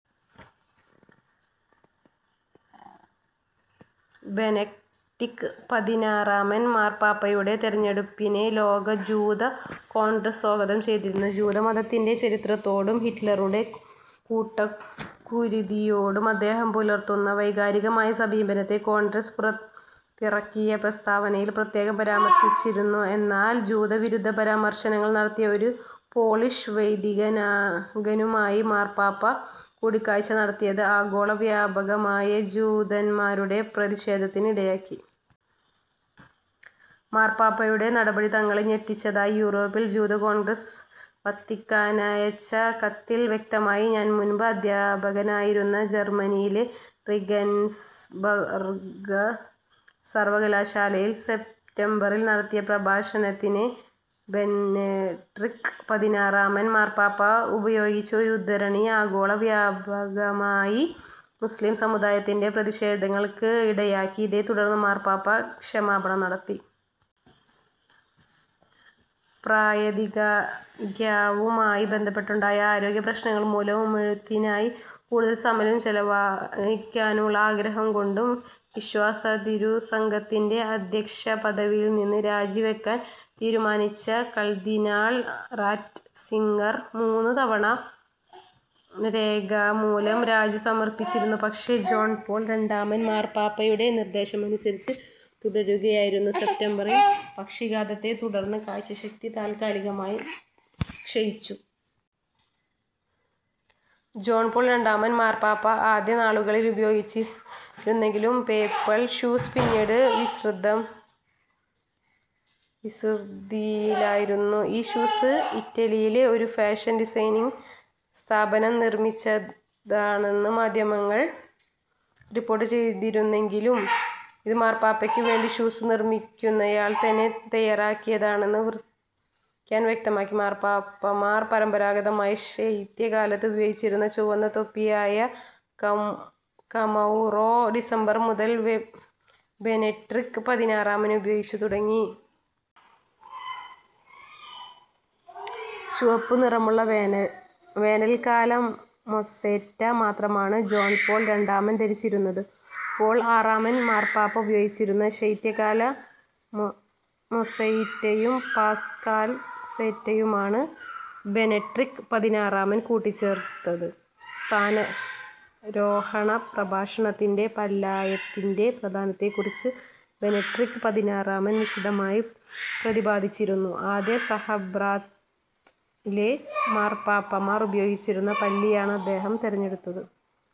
Benedict പതിനാറാമൻ മാർപ്പാപ്പയുടെ തെരഞ്ഞെടുപ്പിനെ ലോക ജൂത കോൺഗ്രസ് സ്വാഗതം ചെയ്തിരുന്നു. ജൂത മതത്തിന്റെ ചരിത്രത്തോടും ഹിറ്റ്ലറുടെ കൂട്ടക്കുരിതിയോടും അദ്ദേഹം പുലർത്തുന്ന വൈകാരികമായ സമീപനത്തെ കോൺഗ്രസ് പുറത്തിറക്കിയ പ്രസ്താവനയിൽ പ്രത്യേകം പരാമർശിച്ചിരുന്നു. എന്നാൽ ജൂത വിരുദ്ധ പരാമർശനങ്ങൾ നടത്തിയ ഒരു പോളിഷ് വൈദികനുമായി മാർപ്പാപ്പ കൂടിക്കാഴ്ച്ച നടത്തിയത് ആഗോള വ്യാപകമായി ജൂതൻമാരുടെ പ്രതിഷേധത്തിന് ഇടയാക്കി. മാർപ്പാപ്പയുടെ നടപടി തങ്ങളെ ഞെട്ടിച്ചതായി യൂറോപ്യൻ ജൂത കോൺഗ്രസ് വത്തിക്കാനയച്ച കത്തിൽ വ്യക്തമാക്കി. താൻ മുൻപ് അദ്ധ്യാപകനായിരുന്ന ജർമനിയിലെ റീഗൻസ്ബർഗ് സർവകലാശാലയിൽ സെപ്റ്റംബറിൽ നടത്തിയ പ്രഭാഷണത്തിനിടെ ബെനെഡിക്ട് പതിനാറാമൻ മാർപ്പാപ്പ ഉപയോഗിച്ച ഒരു ഉദ്ധരണി ആഗോള വ്യാപകമായി മുസ്ലിം സമൂദായത്തിന്റെ പ്രതിഷേധങ്ങൾക്ക് ഇടയാക്കി. ഇതേ തുടർന്ന് മാർപ്പാപ്പ ക്ഷമാപണം നടത്തി. പ്രായാധിക്യവുമായി ബന്ധപ്പെട്ടുണ്ടായ ആരോഗ്യ പ്രശ്നങ്ങൾ മൂലവും എഴുത്തിനായി കൂടുതൽ സമയം ചെലവഴിക്കാനുള്ള ആഗ്രഹം കൊണ്ടും വിശ്വാസ തിരുസംഘത്തിൻറെ അധ്യക്ഷ പദവിയിൽനിന്ന് രാജിവെക്കാൻ തീരുമാനിച്ച കർദ്ദിനാൾ റാറ്റ്സിംഗർ മൂന്നു തവണ രേഖാമൂലം രാജി സമർപ്പിച്ചിരുന്നു. പക്ഷെ, ജോൺ പോൾ രണ്ടാമൻ മാർപ്പാപ്പയുടെ നിർദ്ദേശമനുസരിച്ച് തുടരുകയായിരുന്നു. സെപ്റ്റംബറിൽ പക്ഷാഘാതത്തെ തുടർന്ന് കാഴ്ച്ചശക്തി താൽകാലികമായി ക്ഷയിച്ചു. ജോൺ പോൾ രണ്ടാമൻ മാർപ്പാപ്പ ആദ്യ നാളുകളിൽ ഉപയോഗിച്ചിരുന്നെങ്കിലും പേപ്പൽ ഷൂസ് പിന്നീട് വിസ്തൃതിയിലായിരുന്നു. ഈ ഷൂസ് ഇറ്റലിയിലെ ഒരു ഫാഷൻ ഡിസൈനിംഗ് സ്ഥാപനം നിർമിച്ചതാണെന്ന് മാധ്യമങ്ങൾ റിപ്പോർട്ട് ചെയ്തിരുന്നെങ്കിലും ഇത് മാർപ്പാപ്പക്കു വേണ്ടി ഷൂസ് നിർമ്മിക്കുന്നയാൾതന്നെ തന്നെ തയ്യാറാക്കിയതാണെന്ന് വത്തിക്കാൻ വ്യക്തമാക്കി. മാർപ്പാപ്പമാർ പരമ്പരാഗതമായി ശൈത്യകാലത്ത് ഉപയോഗിച്ചിരുന്ന ചുവന്ന തൊപ്പിയായ കമൗറോ ഡിസംബർ മുതൽ ബെനെഡിക്ട് പതിനാറാമൻ ഉപയോഗിച്ചു തുടങ്ങി. ചുവപ്പു നിറമുള്ള വേനൽകാല മോസെറ്റ മാത്രമാണ് ജോൺ പോൾ രണ്ടാമൻ ധരിച്ചിരുന്നത്. പോൾ ആറാമൻ മാർപ്പാപ്പ ഉപയോഗിച്ചിരുന്ന ശൈത്യകാല മോസ്സെറ്റയും പാസ്കൽാസെറ്റയുമാണ് ബെനഡിക്ട് പതിനാറാമൻ കൂട്ടിച്ചേർത്തത്. സ്ഥാനാരോഹണ പ്രഭാഷണത്തിൽ പാല്ലിയത്തിൻറെ പ്രാധാന്യത്തെക്കുറിച്ച് ബെനെഡിക്ട് പതിനാറാമൻ വിശദമായി പ്രതിപാദിച്ചിരുന്നു. ആദ്യ സഹസ്രാബ്ദത്തിലെ മാർപ്പാപ്പമാർ ഉപയോഗിച്ചിരുന്ന പാല്ലിയാണ് അദ്ദേഹം തെരഞ്ഞെടുത്തത്.